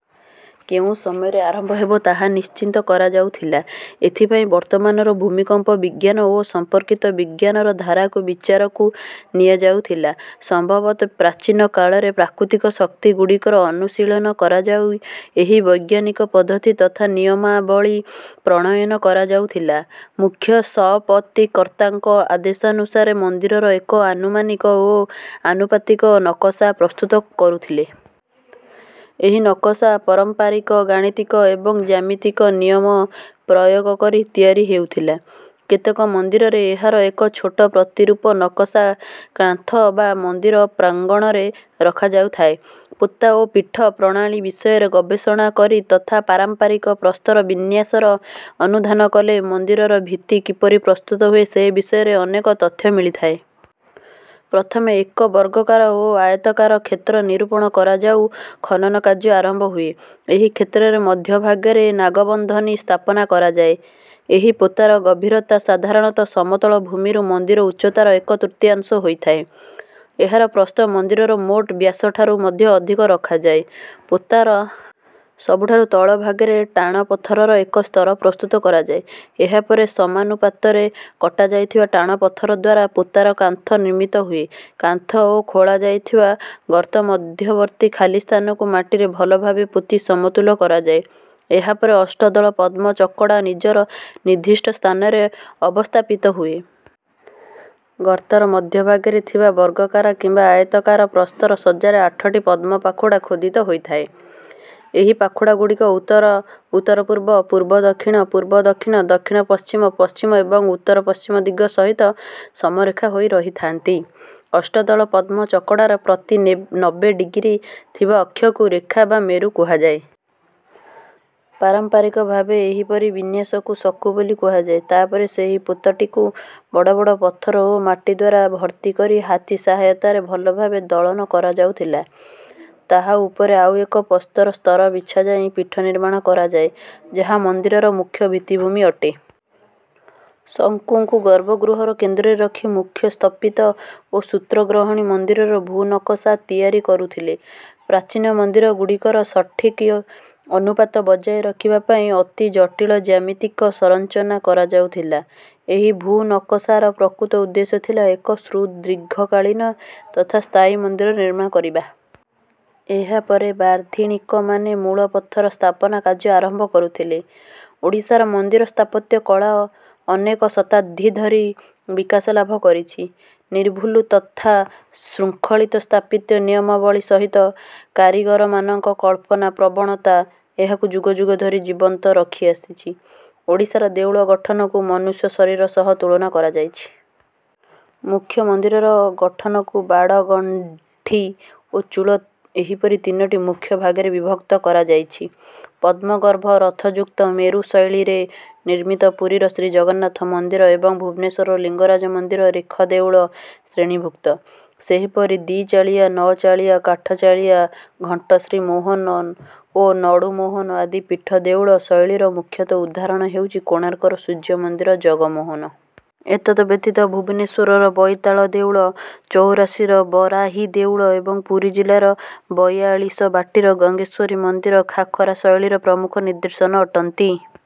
କେଉଁ ସମୟରେ ଆରମ୍ଭ ହେବ ତାହା ନିଶ୍ଚିତ କରାଯାଉଥିଲା। ଏଥିପାଇଁ ବର୍ତ୍ତମାନର ଭୂମିକମ୍ପ ବିଜ୍ଞାନ ଓ ସଂପର୍କିତ ବିଜ୍ଞାନର ଧାରାକୁ ବିଚାରକୁ ନିଆଯାଉଥିଲା। ସମ୍ଭବତଃ ପ୍ରାଚୀନ କାଳରେ ପ୍ରାକୃତିକ ଶକ୍ତିଗୁଡ଼ିକର ଅନୁଶୀଳନ କରାଯାଇ ଏହି ବୈଜ୍ଞାନିକ ପଦ୍ଧତି ତଥା ନିୟମାବଳୀ ପ୍ରଣୟନ କରାଯାଇଥିଲା। ମୁଖ୍ୟ ସ୍ଥପତି କର୍ତ୍ତାଙ୍କ ଆଦେଶାନୁସାରେ ମନ୍ଦିରର ଏକ ଆନୁମାନିକ ଓ ଆନୁପାତିକ ନକସା ପ୍ରସ୍ତୁତ କରୁଥିଲେ। ଏହି ନକସା ପାରମ୍ପରିକ ଗାଣିତିକ ଏବଂ ଜ୍ୟାମିତିକ ନିୟମ ପ୍ରୟୋଗ କରି ତିଆରି ହେଉଥିଲା। କେତେକ ମନ୍ଦିରରେ ଏହାର ଏକ ଛୋଟ ପ୍ରତିରୂପ ନକସା କାନ୍ଥ ବା ମନ୍ଦିର ପ୍ରାଙ୍ଗଣରେ ରଖାଯାଇଥାଏ। ପୋତା ଓ ପୀଠ ପ୍ରଣାଳୀ ବିଷୟରେ ଗବେଷଣା କରି ତଥା ପାରମ୍ପରିକ ପ୍ରସ୍ତର ବିନ୍ୟାସର ଅନୁଧ୍ୟାନ କଲେ ମନ୍ଦିରର ଭିତ୍ତି କିପରି ପ୍ରସ୍ତୁତ ହୁଏ ସେ ବିଷୟରେ ଅନେକ ତଥ୍ୟ ମିଳିଥାଏ। ପ୍ରଥମେ ଏକ ବର୍ଗାକାର ବା ଆୟତାକାର କ୍ଷେତ୍ର ନିରୂପଣ କରାଯାଇ ଖନନ କାର୍ଯ୍ୟ ଆରମ୍ଭ ହୁଏ। ଏହି କ୍ଷେତ୍ରର ମଧ୍ୟଭାଗରେ ନାଗବନ୍ଧନୀ ସ୍ଥାପନ କରାଯାଏ। ଏହି ପୋତାର ଗଭୀରତା ସାଧାରଣତଃ ସମତଳ ଭୂମିରୁ ମନ୍ଦିର ଉଚ୍ଚତାର ଏକ ତୃତୀୟାଂଶ ହୋଇଥାଏ। ଏହାର ପ୍ରସ୍ଥ ମନ୍ଦିରର ମୋଟ ବ୍ୟାସଠାରୁ ମଧ୍ୟ ଅଧିକ ରଖାଯାଏ। ପୋତାର ସବୁଠାରୁ ତଳ ଭାଗରେ ଟାଣ ପଥରର ଏକ ସ୍ତର ପ୍ରସ୍ତୁତ କରାଯାଏ। ଏହାପରେ ସମାନୁପାତରେ କଟାଯାଇଥିବା ଟାଣ ପଥର ଦ୍ୱାରା ପୋତାର କାନ୍ଥ ନିର୍ମିତ ହୁଏ। କାନ୍ଥ ଓ ଖୋଳାଯାଇଥିବା ଗର୍ତ୍ତ ମଧ୍ୟବର୍ତ୍ତୀ ଖାଲି ସ୍ଥାନକୁ ମାଟିରେ ଭଲଭାବେ ପୋତି ସମତୁଲ କରାଯାଏ। ଏହାପରେ ଅଷ୍ଟଦଳ ପଦ୍ମ ଚକଡ଼ା ନିଜର ନିର୍ଦ୍ଦିଷ୍ଟ ସ୍ଥାନରେ ଅବସ୍ଥାପିତ ହୁଏ। ଗର୍ତ୍ତର ମଧ୍ୟଭାଗରେ ଥିବା ବର୍ଗାକାର କିମ୍ବା ଆୟତାକାର ପ୍ରସ୍ତର ସଜ୍ଜାରେ ଆଠଟି ପଦ୍ମ ପାଖୁଡ଼ା ଖୋଦିତ ହୋଇଥାଏ। ଏହି ପାଖୁଡ଼ାଗୁଡ଼ିକ ଉତ୍ତର ଉତ୍ତରପୂର୍ବ ପୂର୍ବ ଦକ୍ଷିଣ ପୂର୍ବ ଦକ୍ଷିଣ ଦକ୍ଷିଣ ପଶ୍ଚିମ ପଶ୍ଚିମ ଏବଂ ଉତ୍ତର ପଶ୍ଚିମ ଦିଗ ସହିତ ସମରେଖ ହୋଇ ରହିଥାନ୍ତି। ଅଷ୍ଟଦଳ ପଦ୍ମ ଚକଡ଼ାର ପ୍ରତି ନବେ ଡିଗ୍ରୀରେ ଥିବା ଅକ୍ଷକୁ ରେଖ ବା ମେରୁ କୁହାଯାଏ। ପାରମ୍ପରିକ ଭାବେ ଏହିପରି ବିନ୍ୟାସକୁ ଶଙ୍କୁ ବୋଲି କୁହାଯାଏ। ତାପରେ ସେହି ପୋତାଟିକୁ ବଡ଼ ବଡ଼ ପଥର ଓ ମାଟି ଦ୍ୱାରା ଭର୍ତ୍ତି କରି ହାତୀ ସହାୟତାରେ ଭଲଭାବେ ଦଳନ କରାଯାଉଥିଲା। ତାହା ଉପରେ ଆଉ ଏକ ପଥର ସ୍ତର ବିଛାଯାଇ ପୀଠ ନିର୍ମାଣ କରାଯାଏ ଯାହା ମନ୍ଦିରର ମୁଖ୍ୟ ଭିତ୍ତିଭୂମି ଅଟେ। ଶଙ୍କୁକୁ ଗର୍ଭଗୃହର କେନ୍ଦ୍ରରେ ରଖି ମୁଖ୍ୟ ସ୍ଥପତି ଓ ସୂତ୍ରଗ୍ରହଣୀ ମନ୍ଦିରର ଭୂ ନକସା ତିଆରି କରୁଥିଲେ। ପ୍ରାଚୀନ ମନ୍ଦିରଗୁଡ଼ିକରେ ସଠିକ୍ ଅନୁପାତ ବଜାୟ ରଖିବା ପାଇଁ ଅତି ଜଟିଳ ଜ୍ୟାମିତିକ ସଂରଚନା କରାଯାଉଥିଲା। ଏହି ଭୂ ନକସାର ପ୍ରକୃତ ଉଦ୍ଦେଶ୍ୟ ଥିଲା ଏକ ସୁଦୀର୍ଘକାଳୀନ ତଥା ସ୍ଥାୟୀ ମନ୍ଦିର ନିର୍ମାଣ କରିବା। ଏହାପରେ ବାର୍ଦ୍ଧଣିକମାନେ ମୂଳ ପଥର ସ୍ଥାପନ କାର୍ଯ୍ୟ ଆରମ୍ଭ କରୁଥିଲେ। ଓଡ଼ିଶାର ମନ୍ଦିର ସ୍ଥାପତ୍ୟ କଳା ଅନେକ ଶତାବ୍ଦୀ ଧରି ବିକାଶ ଲାଭ କରିଛି। ନିର୍ଭୁଲ ତଥା ଶୃଙ୍ଖଳିତ ସ୍ଥାପତ୍ୟ ନିୟମାବଳୀ ସହିତ କାରିଗରମାନଙ୍କ କଳ୍ପନା ପ୍ରବଣତା ଏହାକୁ ଯୁଗ ଯୁଗ ଧରି ଜୀବନ୍ତ ରଖିଆସିଛି। ଓଡ଼ିଶାର ଦେଉଳର ଗଠନକୁ ମନୁଷ୍ୟ ଶରୀର ସହ ତୁଳନା କରାଯାଇଛି। ମୁଖ୍ୟ ମନ୍ଦିରର ଗଠନକୁ ବାଡ଼ ଗଣ୍ଡି ଓ ଚୁଳ ଏହିପରି ତିନୋଟି ମୁଖ୍ୟ ଭାଗରେ ବିଭକ୍ତ କରାଯାଇଛି। ପଦ୍ମଗର୍ଭ ରଥଯୁକ୍ତ ମେରୁ ଶୈଳୀରେ ନିର୍ମିତ ପୁରୀର ଶ୍ରୀଜଗନ୍ନାଥ ମନ୍ଦିର ଏବଂ ଭୁବନେଶ୍ୱରର ଲିଙ୍ଗରାଜ ମନ୍ଦିର ରେଖ ଦେଉଳ ଶ୍ରେଣୀଭୁକ୍ତ। ସେହିପରି ଦ୍ୱିଚାଳିଆ ନଅଚାଳିଆ କାଠଚାଳିଆ ଘଣ୍ଟଶ୍ରୀମୋହନ ଓ ନଡ଼ୁମୋହନ ଆଦି ପୀଢ଼ ଦେଉଳ ଶୈଳୀର ପ୍ରମୁଖ ଉଦାହରଣ ହେଉଛି କୋଣାର୍କର ସୂର୍ଯ୍ୟ ମନ୍ଦିରର ଜଗମୋହନ। ଏତଦ୍ ବ୍ୟତୀତ ଭୁବନେଶ୍ୱରର ବଇତାଳ ଦେଉଳ ଚଉରାଶିର ବରାହୀ ଦେଉଳ ଏବଂ ପୁରୀ ଜିଲ୍ଲା ବୟାଳିଶବାଟିର ଗଙ୍ଗେଶ୍ୱରୀ ମନ୍ଦିର ଖାକରା ଶୈଳୀର ପ୍ରମୁଖ ନିଦର୍ଶନ ଅଟନ୍ତି।